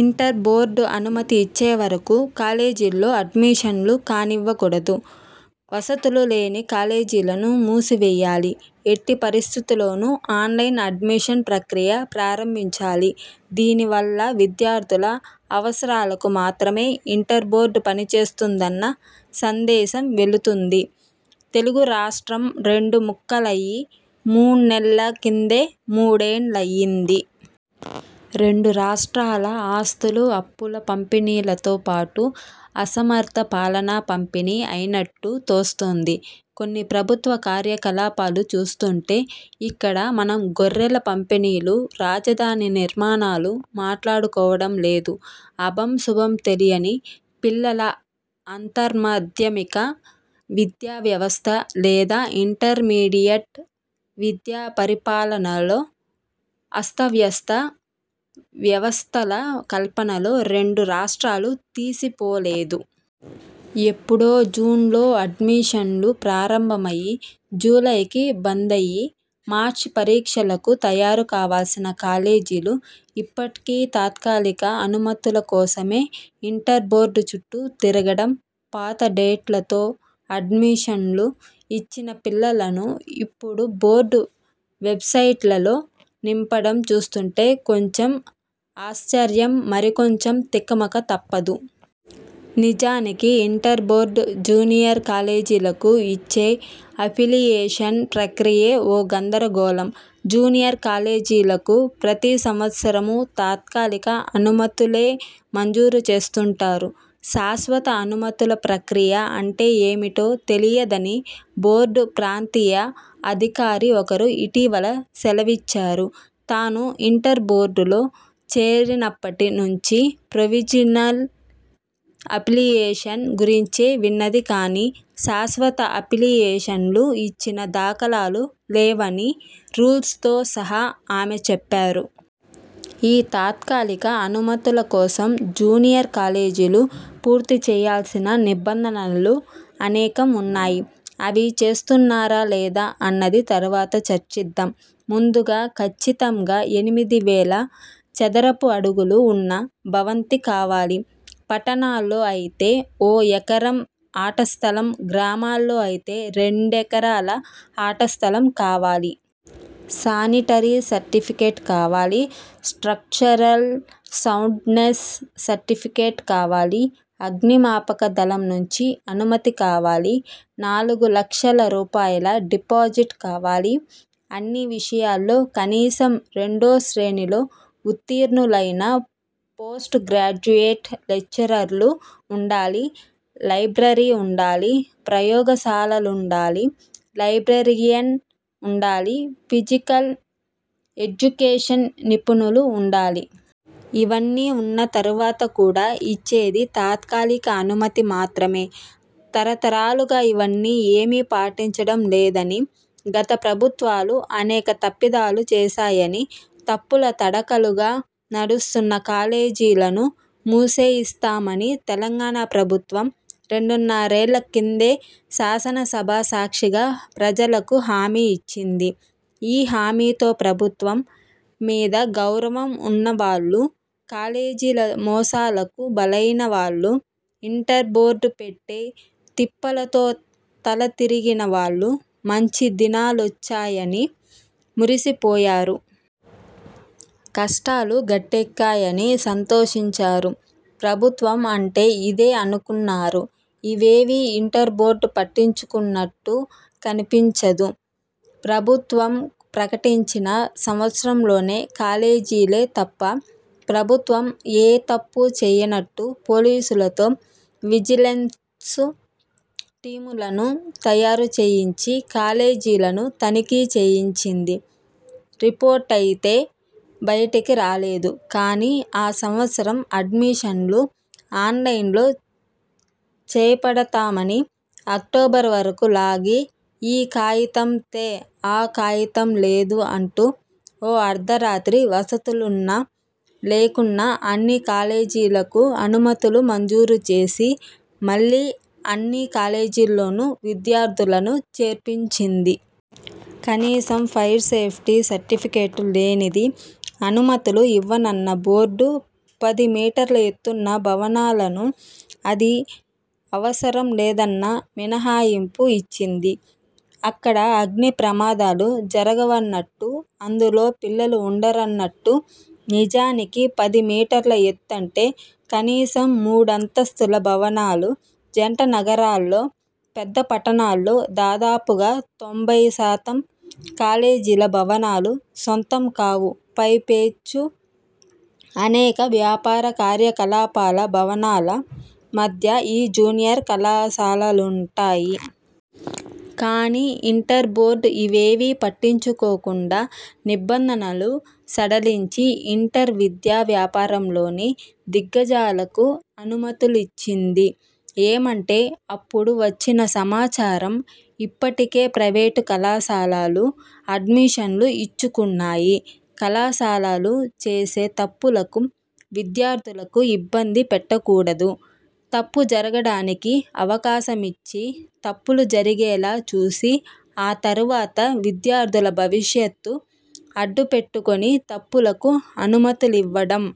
Inter board అనుమతి ఇచ్చే వరకూ కాలేజీల్లో అడ్మిషన్లు కానివ్వకూడదు. వసతులు లేని కాలేజీలను మూసివేయాలి. ఎట్టి పరిస్థితుల్లోనూ ఆన్లైన్ అడ్మిషన్ ప్రక్రియ ప్రారంభించాలి. దీనివల్ల విద్యార్థుల అవసరాలకు మాత్రమే ఇంటర్ బోర్డు పనిచేస్తుందన్న సందేశం వెళుతుంది. తెలుగు రాష్ట్రం రెండు ముక్కలయి మూణ్ణెల్ల కిందే మూడేండ్లయింది. రెండు రాష్ట్రాల ఆస్తులూ అప్పుల పంపిణీలతో పాటు అసమర్థ పాలనా పంపిణీ అయినట్టు తోస్తోంది కొన్ని ప్రభుత్వ కార్యకలాపాలు చూస్తోంటే. ఇక్కడ మనం గొర్రెల పంపిణీలూ, రాజధాని నిర్మాణాలూ మాట్లాడుకోవటం లేదు. అభం శుభం తెలియని పిల్లల అంతర్మాధ్యమిక విద్యావ్యవస్థ లేదా ఇంటర్మీడియట్ విద్యా పరిపాలనలో అస్తవ్యస్త వ్యవస్థల కల్పనలో రెండు రాష్ర్టాలూ తీసిపోలేదు. ఎప్పుడో జూన్లో అడ్మిషన్లు ప్రారంభమయి, జూలైకి బందయి, మార్చి పరీక్షలకు తయారు కావాల్సిన కాలేజీలు ఇప్పటికీ తాత్కాలిక అనుమతుల కోసమే ఇంటర్ బోర్డు చుట్టూ తిరగడం, పాత డేట్లతో అడ్మిషన్లు ఇచ్చిన పిల్లలను ఇప్పుడు బోర్డు వెబ్సైట్లలో నింపడం చూస్తుంటే కొంచెం ఆశ్చర్యం మరికొంచెం తికమక తప్పదు. నిజానికి ఇంటర్ బోర్డు జూనియర్ కాలేజీలకు ఇచ్చే అఫిలియేషన్ ప్రక్రియే ఓ గందరగోళం. జూనియర్ కాలేజీలకు ప్రతి సంవత్సరమూ తాత్కాలిక అనుమతులే మంజూరు చేస్తుంటారు. శాశ్వత అనుమతుల ప్రక్రియ అంటే ఏమిటో తెలియదని బోర్డు ప్రాంతీయ అధికారి ఒకరు ఇటీవల సెలవిచ్చారు. తాను ఇంటర్ బోర్డులో చేరినప్పటి నుంచి 'ప్రొవిజినల్ అఫిలియేషన్' గురించే విన్నది కాని శాశ్వత అఫిలియేషన్లు ఇచ్చిన దాఖలాలు లేవని రూల్సుతో సహా ఆమె చెప్పారు. ఈ తాత్కాలిక అనుమతుల కోసం జూనియర్ కాలేజీలు పూర్తిచేయాల్సిన నిబంధనలు అనేకం ఉన్నాయి. అవి చేస్తున్నారా లేదా అన్నది తరువాత చర్చిద్దాం. ముందుగా కచ్చితంగా ఎనిమిదివేల చదరపు అడుగులు ఉన్న భవంతి కావాలి. పట్టణాల్లో అయితే ఓ ఎకరం ఆట స్థలం, గ్రామాల్లో అయితే రెండెకరాల ఆట స్థలం కావాలి. శానిటరీ సర్టిఫికెట్ కావాలి, స్ర్టక్చరల్ సౌండ్నెస్ సర్టిఫికెట్ కావాలి. అగ్నిమాపక దళం నుంచి అనుమతి కావాలి, నాలుగు లక్షల రూపాయల డిపాజిట్ కావాలి, అన్ని విషయాల్లో కనీసం రెండో శ్రేణిలో ఉత్తీర్ణులయిన పోస్ట్ గ్రాడ్యుయేట్స్ లెక్చరర్లు ఉండాలి, లైబ్రరీ ఉండాలి, ప్రయోగశాలలుండాలి, లైబ్రేరియన్ ఉండాలి, ఫిజికల్ ఎడ్యుకేషన్ నిపుణుడు ఉండాలి. ఇవన్నీ ఉన్న తర్వాత కూడా ఇచ్చేది తాత్కాలిక అనుమతి మాత్రమే. తరతరాలుగా ఇవన్నీ ఏమీ పాటించడం లేదనీ, గత ప్రభుత్వాలు అనేక తప్పిదాలు చేశాయని, తప్పుల తడకలుగా నడుస్తున్న కాలేజీలను మూసేయిస్తామనీ తెలంగాణ ప్రభుత్వం రెండున్నరేళ్ల కిందే శాసనసభ సాక్షిగా ప్రజలకు హామీఇచ్చింది. ఈ హామీతో ప్రభుత్వం మీద గౌరవం ఉన్నవాళ్లూ, కాలేజీల మోసాలకు బలైన వాళ్లూ, ఇంటర్ బోర్డు పెట్టే తిప్పలతో తల తిరిగిన వాళ్లూ మంచి దినాలొచ్చాయని మురిసిపోయారు. కష్టాలుగట్టెక్కాయని సంతోషించారు. ప్రభుత్వం అంటే ఇదే అనుకున్నారు. ఇవేవీ ఇంటర్ బోర్డు పట్టించుకున్నట్టు కనిపించదు. ప్రభుత్వం ప్రకటించిన సంవత్సరంలోనే కాలేజీలే తప్ప ప్రభుత్వం ఏ తప్పూ చేయనట్టు పోలీసులతో విజిలెన్సు టీములను తయారుచేయించి కాలేజీలను తనిఖీ చేయించింది. రిపోర్టయితే బయటికి రాలేదు కాని ఆ సంవత్సరం అడ్మిషన్లు ఆన్లైన్లో చేపడతామని అక్టోబర్ వరకూ లాగి, ఈ కాయితం తే ఆ కాయితం లేదూ అంటూ ఓ అర్ధరాత్రి వసతులున్నా లేకున్నా అన్ని కాలేజీలకూ అనుమతులు మంజూరు చేసి మళ్లీ అన్ని కాలేజీల్లోనూ విద్యార్థులను చేర్పించింది. కనీసం ఫైర్సేఫ్టీ సర్టిఫికెటు లేనిది అనుమతులు ఇవ్వనన్న బోర్డు, పది మీటర్ల ఎత్తున్న భవనాలను అది అవసరం లేదన్న మినహాయింపు ఇచ్చింది, అక్కడ అగ్నిప్రమాదాలు జరగవన్నట్టూ అందులో పిల్లలు ఉండరన్నట్టూ. నిజానికి పది మీటర్ల ఎత్తంటే కనీసం మూడంతస్తుల భవనాలు. జంటనగరాల్లో పెద్దపట్టణాల్లో దాదాపుగా తొంభై శాతం కాలేజీల భవనాలు సొంతం కావు పైపెచ్చు అనేక వ్యాపార కార్యకలాపాల భవనాల మధ్య ఈ జూనియర్ కళాశాలలుంటాయి. కాని ఇంటర్ బోర్డు ఇవేవీ పట్టించుకోకుండా నిబంధనలు సడలించి, ఇంటర్ విద్యా వ్యాపారంలోని దిగ్గజాలకు అనుమతులిచ్చింది. ఏమంటే అప్పుడు వచ్చిన సమాచారం 'ఇప్పటికే ప్రైవేటు కళాశాలలు అడ్మిషన్లు ఇచ్చుకున్నాయి, కళాశాలలు చేసే తప్పులకు విద్యార్థులకు ఇబ్బంది పెట్టకూడదు'. తప్పు జరగడానికి అవకాశమిచ్చి, తప్పులు జరిగేలా చూసి, ఆ తర్వాత విద్యార్థుల భవిష్యత్తు అడ్డుపెట్టుకుని తప్పులకు అనుమతులివ్వడం